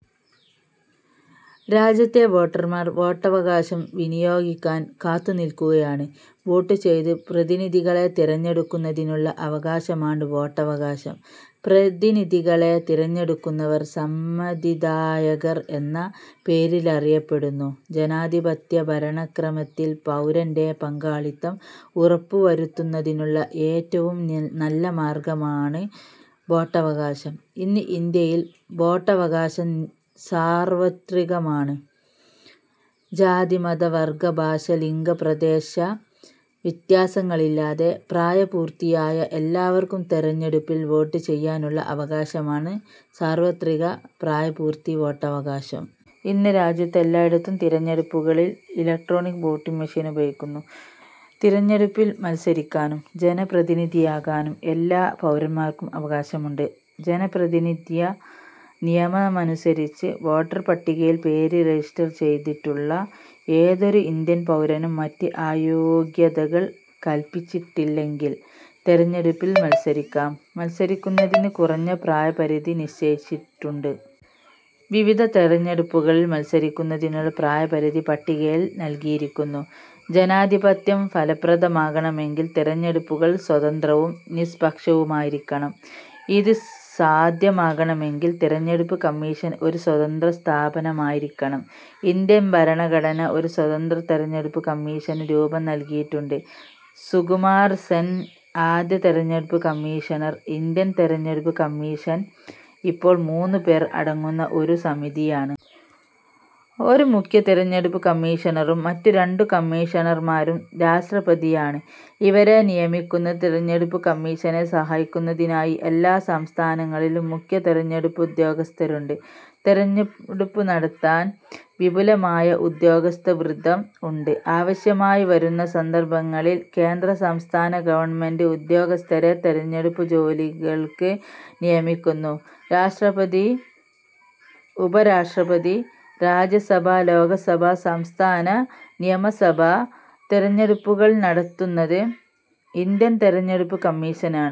രാജ്യത്തെ വോട്ടർമാർ വോട്ടവകാശം വിനിയോഗിക്കാൻ കാത്തുനിൽക്കുകയാണ്. വോട്ട് ചെയ്ത് പ്രതിനിധികളെ തിരഞ്ഞെടുക്കുന്നതിനുള്ള അവകാശമാണ് വോട്ടവകാശം. പ്രതിനിധികളെ തിരഞ്ഞെടുക്കുന്നവർ സമ്മതിദായകർ എന്ന പേരിലറിയപ്പെടുന്നു. ജനാധിപത്യ ഭരണക്രമത്തിൽ പൗരന്റെ പങ്കാളിത്തം ഉറപ്പുവരുത്തുന്നതിനുള്ള ഏറ്റവും നല്ല മാർഗമാണ് വോട്ടവകാശം. ഇന്ന് ഇന്ത്യയിൽ വോട്ടവകാശം സാർവത്രികമാണ്. ജാതി-മത-വർഗ-ഭാഷ-ലിംഗ-പ്രദേശ വ്യത്യാസങ്ങളില്ലാതെ പ്രായപൂർത്തിയായ എല്ലാവർക്കും തിരഞ്ഞെടുപ്പിൽ വോട്ട് ചെയ്യാനുള്ള അവകാശമാണ് സാർവത്രിക പ്രായപൂർത്തി വോട്ടവകാശം. ഇന്ന് രാജ്യത്ത് എല്ലായിടത്തും തിരഞ്ഞെടുപ്പുകളിൽ ഇലക്ട്രോണിക് വോട്ടിങ് മെഷീൻ ഉപയോഗിക്കുന്നു. തിരഞ്ഞെടുപ്പിൽ മത്സരിക്കാനും ജനപ്രതിനിധിയാകാനും എല്ലാ പൗരന്മാർക്കും അവകാശമുണ്ട്. ജനപ്രാതിനിധ്യ നിയമമനുസരിച്ച് വോട്ടർ പട്ടികയിൽ പേര് രജിസ്റ്റർ ചെയ്തിട്ടുള്ള ഏതൊരു ഇന്ത്യൻ പൗരനും മറ്റ് അയോഗ്യതകൾ കൽപ്പിച്ചിട്ടില്ലെങ്കിൽ തിരഞ്ഞെടുപ്പിൽ മത്സരിക്കാം. മത്സരിക്കുന്നതിന് കുറഞ്ഞ പ്രായ പരിധി നിശ്ചയിച്ചിട്ടുണ്ട്. വിവിധ തിരഞ്ഞെടുപ്പുകളിൽ മത്സരിക്കുന്നതിനുള്ള പ്രായപരിധി പട്ടികയിൽ നൽകിയിരിക്കുന്നു. ജനാധിപത്യം ഫലപ്രദമാകണമെങ്കിൽ തിരഞ്ഞെടുപ്പുകൾ സ്വതന്ത്രവും നിഷ്പക്ഷവുമായിരിക്കണം. ഇത് സാധ്യമാകണമെങ്കിൽ തിരഞ്ഞെടുപ്പ് കമ്മീഷൻ ഒരു സ്വതന്ത്ര സ്ഥാപനമായിരിക്കണം. ഇന്ത്യൻ ഭരണഘടന ഒരു സ്വതന്ത്ര തിരഞ്ഞെടുപ്പ് കമ്മീഷന് രൂപം നൽകിയിട്ടുണ്ട്. സുകുമാർ സെൻ ആദ്യ തിരഞ്ഞെടുപ്പ് കമ്മീഷണർ ഇന്ത്യൻ തിരഞ്ഞെടുപ്പ് കമ്മീഷൻ ഇപ്പോൾ മൂന്നു പേർ അടങ്ങുന്ന ഒരു സമിതിയാണ്. ഒരു മുഖ്യ തിരഞ്ഞെടുപ്പ് കമ്മീഷണറും മറ്റു രണ്ടു കമ്മീഷണർമാരും. രാഷ്ട്രപതിയാണ് ഇവരെ നിയമിക്കുന്നത്. തിരഞ്ഞെടുപ്പു കമ്മീഷനെ സഹായിക്കുന്നതിനായി എല്ലാ സംസ്ഥാനങ്ങളിലും മുഖ്യ തിരഞ്ഞെടുപ്പുദ്യോഗസ്ഥരുണ്ട്. തിരഞ്ഞെടുപ്പ് നടത്താൻ വിപുലമായ ഉദ്യോഗസ്ഥവൃന്ദം ഉണ്ട്. ആവശ്യമായി വരുന്ന സന്ദർഭങ്ങളിൽ കേന്ദ്ര-സംസ്ഥാന ഗവൺമെന്റ് ഉദ്യോഗസ്ഥരെ തിരഞ്ഞെടുപ്പു ജോലികൾക്ക് നിയമിക്കുന്നു. രാഷ്ട്രപതി, ഉപരാഷ്ട്രപതി, രാജ്യസഭ, ലോകസഭ, സംസ്ഥാന നിയമസഭാ തിരഞ്ഞെടുപ്പുകൾ നടത്തുന്നത് ഇന്ത്യൻ തിരഞ്ഞെടുപ്പ് കമ്മീഷനാണ്.